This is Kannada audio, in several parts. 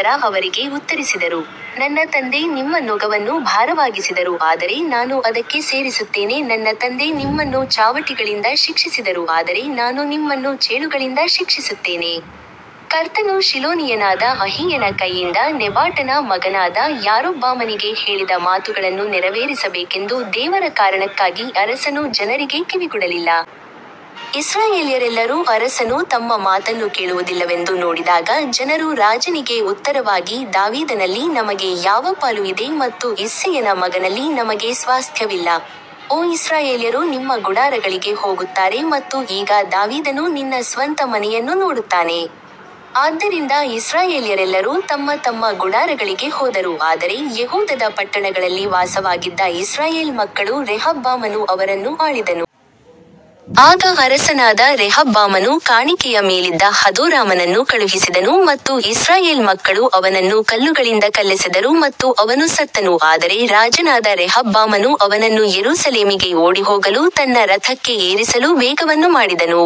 ಯುವಕರ ಸಲಹೆಯ ನಂತರ ಅವರಿಗೆ ಉತ್ತರಿಸಿದರು, ನನ್ನ ತಂದೆ ನಿಮ್ಮ ನೊಗವನ್ನು ಭಾರವಾಗಿಸಿದರು ಆದರೆ ನಾನು ಅದಕ್ಕೆ ಸೇರಿಸುತ್ತೇನೆ ನನ್ನ ತಂದೆ ನಿಮ್ಮನ್ನು ಚಾವಟಿಗಳಿಂದ ಶಿಕ್ಷಿಸಿದರು ಆದರೆ ನಾನು ನಿಮ್ಮನ್ನು ಚೇಳುಗಳಿಂದ ಶಿಕ್ಷಿಸುತ್ತೇನೆ. ಕರ್ತನು ಶಿಲೋನಿಯನಾದ ಅಹೀಯನ ಕೈಯಿಂದ ನೆಬಾಟನ ಮಗನಾದ ಯಾರೊಬ್ಬಾಮನಿಗೆ ಹೇಳಿದ ಮಾತುಗಳನ್ನು ನೆರವೇರಿಸಬೇಕೆಂದು ದೇವರ ಕಾರಣಕ್ಕಾಗಿ ಅರಸನು ಜನರಿಗೆ ಕಿವಿಗೊಡಲಿಲ್ಲ. ಇಸ್ರಾಯೇಲ್ಯರೆಲ್ಲರೂ ಅರಸನು ತಮ್ಮ ಮಾತನ್ನು ಕೇಳುವುದಿಲ್ಲವೆಂದು ನೋಡಿದಾಗ ಜನರು ರಾಜನಿಗೆ ಉತ್ತರವಾಗಿ ದಾವೀದನಲ್ಲಿ ನಮಗೆ ಯಾವ ಪಾಲು ಇದೆ ಮತ್ತು ಇಸ್ಸೆಯನ ಮಗನಲ್ಲಿ ನಮಗೆ ಸ್ವಾಸ್ತ್ಯವಿಲ್ಲ, ಓ ಇಸ್ರಾಯೇಲ್ಯರು ನಿಮ್ಮ ಗುಡಾರಗಳಿಗೆ ಹೋಗುತ್ತಾರೆ ಮತ್ತು ಈಗ ದಾವೀದನು ನಿನ್ನ ಸ್ವಂತ ಮನೆಯನ್ನು ನೋಡುತ್ತಾನೆ. ಆದ್ದರಿಂದ ಇಸ್ರಾಯೇಲ್ಯರೆಲ್ಲರೂ ತಮ್ಮ ತಮ್ಮ ಗುಡಾರಗಳಿಗೆ ಹೋದರು ಆದರೆ ಯೆಹೂದದ ಪಟ್ಟಣಗಳಲ್ಲಿ ವಾಸವಾಗಿದ್ದ ಇಸ್ರಾಯೇಲ್ ಮಕ್ಕಳು ರೆಹಬ್ಬಾಮನು ಅವರನ್ನು ಆಳಿದನು. ಆಗ ಅರಸನಾದ ರೆಹಬ್ಬಾಮನು ಕಾಣಿಕೆಯ ಮೇಲಿದ್ದ ಹದೋರಾಮನನ್ನು ಕಳುಹಿಸಿದನು ಮತ್ತು ಇಸ್ರಾಯೇಲ್ ಮಕ್ಕಳು ಅವನನ್ನು ಕಲ್ಲುಗಳಿಂದ ಕಲ್ಲೆಸೆದರು ಮತ್ತು ಅವನು ಸತ್ತನು ಆದರೆ ರಾಜನಾದ ರೆಹಬ್ಬಾಮನು ಅವನನ್ನು ಯೆರೂಸಲೇಮಿಗೆ ಓಡಿಹೋಗಲು ತನ್ನ ರಥಕ್ಕೆ ಏರಿಸಲು ವೇಗವನ್ನು ಮಾಡಿದನು.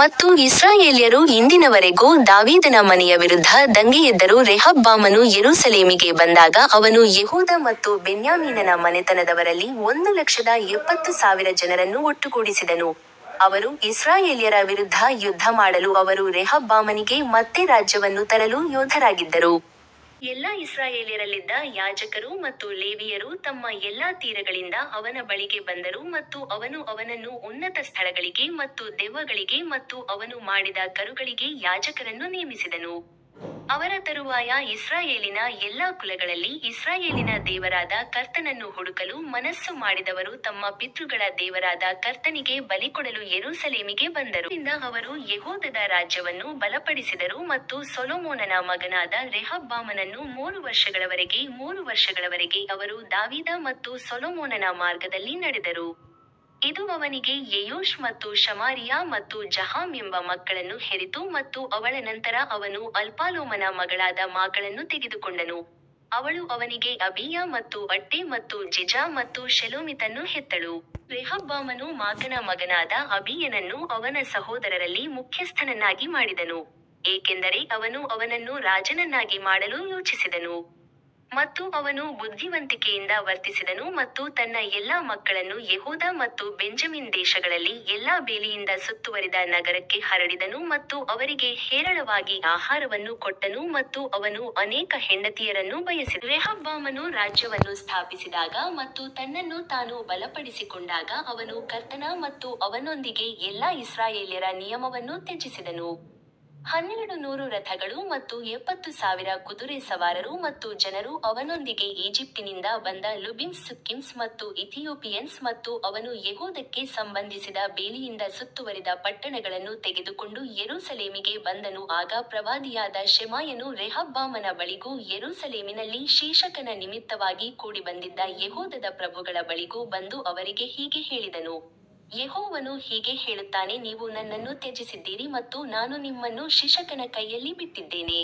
ಮತ್ತು ಇಸ್ರಾಯೇಲ್ಯರು ಇಂದಿನವರೆಗೂ ದಾವೀದನ ಮನೆಯ ವಿರುದ್ಧ ದಂಗೆಯೆದ್ದರು ರೆಹಬ್ಬಾಮನು ಯೆರೂಸಲೇಮಿಗೆ ಬಂದಾಗ ಅವನು ಯೆಹೂದ ಮತ್ತು ಬೆನ್ಯಾಮೀನನ ಮನೆತನದವರಲ್ಲಿ ಒಂದು ಲಕ್ಷದ ಎಪ್ಪತ್ತು ಸಾವಿರ ಜನರನ್ನು ಒಟ್ಟುಗೂಡಿಸಿದನು, ಅವರು ಇಸ್ರಾಯೇಲ್ಯರ ವಿರುದ್ಧ ಯುದ್ಧಮಾಡಲು ಅವರು ರೆಹಬ್ಬಾಮನಿಗೆ ಮತ್ತೆ ರಾಜ್ಯವನ್ನು ತರಲು ಯೋಧರಾಗಿದ್ದರು. ಮತ್ತು ಎಲ್ಲಾ ಇಸ್ರಾಯೇಲ್ಯರಲ್ಲಿದ್ದ ಯಾಜಕರು ಮತ್ತು ಲೇವಿಯರು ತಮ್ಮ ಎಲ್ಲಾ ತೀರಗಳಿಂದ ಅವನ ಬಳಿಗೆ ಬಂದರು ಮತ್ತು ಅವನು ಅವನನ್ನು ಉನ್ನತ ಸ್ಥಳಗಳಿಗೆ ಮತ್ತು ದೆವ್ವಗಳಿಗೆ ಮತ್ತು ಅವನು ಮಾಡಿದ ಕರುಗಳಿಗೆ ಯಾಜಕರನ್ನು ನೇಮಿಸಿದನು. ಅವರ ತರುವಾಯ ಇಸ್ರಾಯೇಲಿನ ಎಲ್ಲಾ ಕುಲಗಳಲ್ಲಿ ಇಸ್ರಾಯೇಲಿನ ದೇವರಾದ ಕರ್ತನನ್ನು ಹುಡುಕಲು ಮನಸ್ಸು ಮಾಡಿದವರು ತಮ್ಮ ಪಿತೃಗಳ ದೇವರಾದ ಕರ್ತನಿಗೆ ಬಲಿಕೊಡಲು ಯೆರೂಸಲೇಮಿಗೆ ಬಂದರು. ಆದ್ದರಿಂದ ಅವರು ಯೆಹೂದದ ರಾಜ್ಯವನ್ನು ಬಲಪಡಿಸಿದರು ಮತ್ತು ಸೊಲೊಮೋನನ ಮಗನಾದ ರೆಹಬ್ಬಾಮನನ್ನು ಮೂರು ವರ್ಷಗಳವರೆಗೆ ಮೂರು ವರ್ಷಗಳವರೆಗೆ ಅವರು ದಾವೀದ ಮತ್ತು ಸೊಲೊಮೋನನ ಮಾರ್ಗದಲ್ಲಿ ನಡೆದರು. ಇದು ಅವನಿಗೆ ಯೆಯೂಷ್ ಮತ್ತು ಶಮಾರಿಯಾ ಮತ್ತು ಜಹಾಮ್ ಎಂಬ ಮಕ್ಕಳನ್ನು ಹೆರಿತು ಮತ್ತು ಅವಳ ನಂತರ ಅವನು ಅಬ್ಷಾಲೋಮನ ಮಗಳಾದ ಮಾಕಳನ್ನು ತೆಗೆದುಕೊಂಡನು, ಅವಳು ಅವನಿಗೆ ಅಬೀಯ ಮತ್ತು ಅಟ್ಟೈ ಮತ್ತು ಜಿಜಾ ಮತ್ತು ಶೆಲೋಮಿತ್ ಅನ್ನು ಹೆತ್ತಳು. ಮತ್ತು ರೆಹಬ್ಬಾಮನು ಮಾಕನ ಮಗನಾದ ಅಬೀಯನನ್ನು ಅವನ ಸಹೋದರರಲ್ಲಿ ಮುಖ್ಯಸ್ಥನನ್ನಾಗಿ ಮಾಡಿದನು, ಏಕೆಂದರೆ ಅವನು ಅವನನ್ನು ರಾಜನನ್ನಾಗಿ ಮಾಡಲು ಯೋಚಿಸಿದನು. ಮತ್ತು ಅವನು ಬುದ್ಧಿವಂತಿಕೆಯಿಂದ ವರ್ತಿಸಿದನು ಮತ್ತು ತನ್ನ ಎಲ್ಲಾ ಮಕ್ಕಳನ್ನು ಯೆಹೂದ ಮತ್ತು ಬೆಂಜಮಿನ್ ದೇಶಗಳಲ್ಲಿ ಎಲ್ಲಾ ಬೇಲಿಯಿಂದ ಸುತ್ತುವರಿದ ನಗರಕ್ಕೆ ಹರಡಿದನು ಮತ್ತು ಅವರಿಗೆ ಹೇರಳವಾಗಿ ಆಹಾರವನ್ನು ಕೊಟ್ಟನು ಮತ್ತು ಅವನು ಅನೇಕ ಹೆಂಡತಿಯರನ್ನು ಬಯಸಿದನು. ರೆಹಬ್ಬಾಮನು ರಾಜ್ಯವನ್ನು ಸ್ಥಾಪಿಸಿದಾಗ ಮತ್ತು ತನ್ನನ್ನು ತಾನು ಬಲಪಡಿಸಿಕೊಂಡಾಗ ಅವನು ಕರ್ತನ ಮತ್ತು ಅವನೊಂದಿಗೆ ಎಲ್ಲಾ ಇಸ್ರಾಯೇಲ್ಯರ ನಿಯಮವನ್ನು ತ್ಯಜಿಸಿದನು. ಹನ್ನೆರಡು ನೂರು ರಥಗಳು ಮತ್ತು ಎಪ್ಪತ್ತು ಸಾವಿರ ಕುದುರೆ ಸವಾರರು ಮತ್ತು ಜನರು ಅವನೊಂದಿಗೆ ಈಜಿಪ್ಟಿನಿಂದ ಬಂದ ಲುಬಿಮ್ಸ್ ಸುಕ್ಕಿಮ್ಸ್ ಮತ್ತು ಇಥಿಯೋಪಿಯನ್ಸ್ ಮತ್ತು ಅವನು ಯೆಹೂದಕ್ಕೆ ಸಂಬಂಧಿಸಿದ ಬೇಲಿಯಿಂದ ಸುತ್ತುವರಿದ ಪಟ್ಟಣಗಳನ್ನು ತೆಗೆದುಕೊಂಡು ಯೆರೂಸಲೇಮಿಗೆ ಬಂದನು ಆಗ ಪ್ರವಾದಿಯಾದ ಶೆಮಾಯನು ರೆಹಬ್ಬಾಮನ ಬಳಿಗೂ ಯೆರೂಸಲೇಮಿನಲ್ಲಿ ಶೀಶಕನ ನಿಮಿತ್ತವಾಗಿ ಕೂಡಿಬಂದಿದ್ದ ಯೆಹೂದದ ಪ್ರಭುಗಳ ಬಳಿಗೂ ಬಂದು ಅವರಿಗೆ ಹೀಗೆ ಹೇಳಿದನು, ಯೆಹೋವನು ಹೀಗೆ ಹೇಳುತ್ತಾನೆ ನೀವು ನನ್ನನ್ನು ತ್ಯಜಿಸಿದ್ದೀರಿ ಮತ್ತು ನಾನು ನಿಮ್ಮನ್ನು ಶಿಶಕನ ಕೈಯಲ್ಲಿ ಬಿಟ್ಟಿದ್ದೇನೆ.